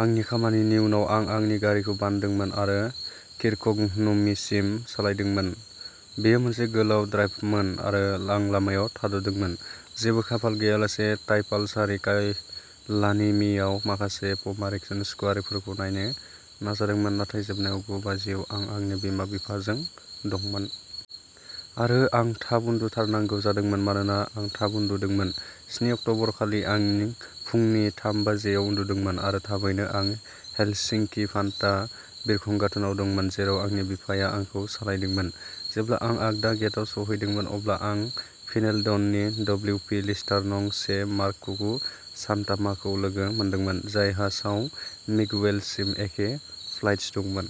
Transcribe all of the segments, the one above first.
आंनि खामानिनि उनाव, आं आंनि गारिखौ बानदोंमोन आरो किर्कक'नुमिसिम सालायदोंमोन। बेयो मोनसे गोलाव ड्राइभमोन आरो आं लामायाव थाद'दोंमोन, जेबो खाफाल गैयालासे ताइपालसारि काइलानिमिआव माखासे प'मारिन स्कुआफोरखौ नायनो नाजादोंमोन, नाथाय जोबनायाव गु बाजियाव आं आंनि बिमा-बिफाजों दंमोन। आरो आं थाब उन्दुथारनांगौ जादोंमोन मानोना आं थाब उन्दुदोंमोन। स्नि अक्ट'बरखालि आं फुंनि थाम बाजियाव उन्दुदोंमोन आरो थाबैनो आं हेलसिंकि भान्टा बिरखं गाथोनाव दंमोन, जेराव आंनि बिफाया आंखौ सालायदोंमोन। जेब्ला आं आगदा गेटआव सौहैदोंमोन, अब्ला आं फिनलेन्डनि डब्लिउपि-लिस्टार नं से मार्ककु सान्टामाखौ लोगो मोनदोंमोन, जायहा साव मिगुवेलसिम एखे फ्लाइट्स दंमोन।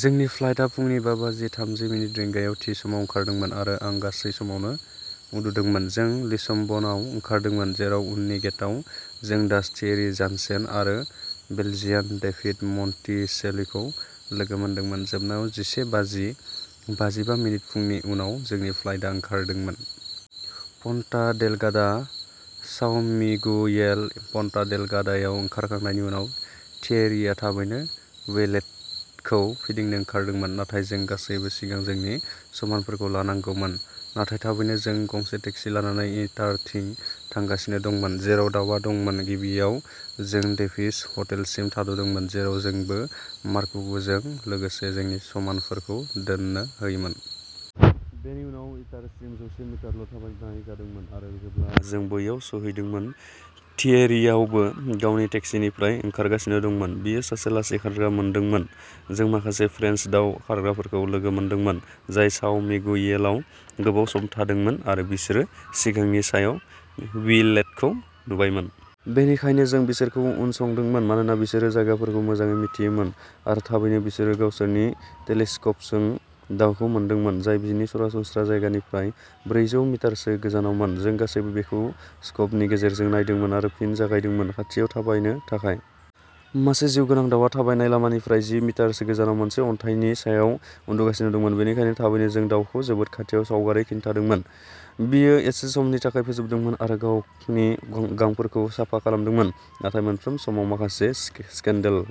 जोंनि फ्लाइटा फुंनि बा बाजि थामजि मिनिट रिंगायाव थि समाव ओंखारदोंमोन आरो आं गासै समावनो उन्दुदोंमोन। जों लिसबनआव ओंखारदोंमोन जेराव उननि गेटआव जों डाच थियेरि जानसेन आरो बेल्जियान डेभिड मन्टिसेलिखौ लोगो मोनदोंमोन। जोबनायाव जिसे बाजि बाजिबा मिनिट फुंनि आव जोंनि फ्लाइटा ओंखारदोंमोन। पन्टा डेलगाडा, साव मिगुएल। पन्टा डेलगाडायाव ओंखारखांनायनि उनाव थियेरीआ थाबैनो विलेटखौ फिदिंनो ओंखारदोंमोन, नाथाय जों गासैबो सिगां जोंनि समानफोरखौ लांनांगौमोन। नाथाय थाबैनो जों गंसे टेक्सि लानानै इटारथिं थांगासिनो दंमोन, जेराव दाउआ दंमोन। गिबियाव जों डेभिडस हटेलसिम थाद'दोंमोन, जेराव जोंबो मार्ककुजों लोगोसे जोंनि समानफोरखौ दोननो हायोमोन। बेनि उनाव इटारसिम जौसे मिटारल' थाबायनाय जादोंमोन। आरो जेब्ला जों बैयाव सौहैदोंमोन, थियेरीआबो गावनि टेक्सीनिफ्राय ओंखारगासिनो दंमोन, बियो सासे लासै खारग्रा मोनदोंमोन। जों माखासे फ्रेन्स दाव खारग्राफोरखौ लोगो मोनदोंमोन, जाय साव मिगुएलआव गोबाव सम थादोंमोन आरो बिसोरो सिगांनि सानाव विलेटखौ नुबायमोन। बेनिखायनो जों बिसोरखौ उनसंदोंमोन मानोना बिसोरो जायगाफोरखौ मोजाङै मिथियोमोन। आरो थाबैनो बिसोरो गावसोरनि टेलिस्कोपजों दावखौ मोनदोंमोन, जाय बिनि सरासनस्रा जायगानिफ्राय ब्रैजौ मिटारसो गोजानावमोन। जों गासैबो बेखौ स्कोपनि गेजेरजों नायदोंमोन आरो फिन जागायदोंमोन। खाथियाव थाबायनो थाखाय। मासे जिउगोनां दाउआ थाबायनाय लामानिफ्राय जि मिटारसो गोजानाव मोनसे अन्थाइनि सायाव उन्दुगासिनो दंमोन। बेनिखायनो थाबैनो जों दाउखौ जोबोद खाथियाव सावगारि खिन्थादोंमोन बियो एसे समनि थाखाय फोजोबदोंमोन आरो गावनि गांफोरखौ साफा खालामदोंमोन, नाथाय मोनफ्रोम समाव माखासे सेकेन्डल'।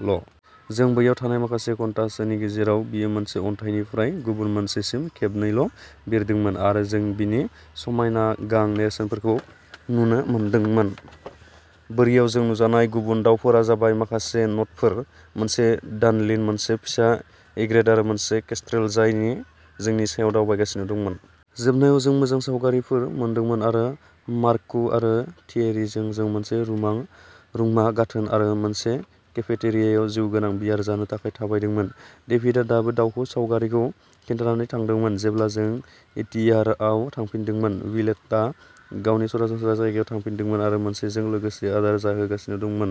जों बैयाव थानाय माखासे घन्टासोनि गेजेराव, बेयो मोनसे अन्थाइनिफ्राय गुबुन मोनसेसिम खेबनैल' बिरदोंमोन आरो जों बिनि समायना गां-नेरसोनफोरखौ नुनो मोनदोंमोन। बोरियाव जों नुजानाय गुबुन दाउफोरा जाबाय माखासे नटफोर, मोनसे डानलिन, मोनसे फिसा इग्रेत आरो मोनसे केस्ट्रेल जाय जोंनि सायाव दावबायगासिनो दंमोन। जोबनायाव जों मोजां सावगारिफोर मोनदोंमोन आरो मार्ककु आरो थियेरीजों जों मोनसे रुमा रुंमा गाथोन आरो मोनसे केफेटेरियायाव जिउगोनां-बियार जानो थाखाय थाबायदोंमोन। डेभिडआ दाबो दाउखौ सावगारि खिन्थानानै थादोंमोन। जेब्ला जों इटिएआरआव थांफिनदोंमोन, विलेटआ गावनि सरासनस्रा जायगायाव थांफिनदोंमोन आरो मोनसेजों लोगोसे आदार जाहोगासिनो दंमोन।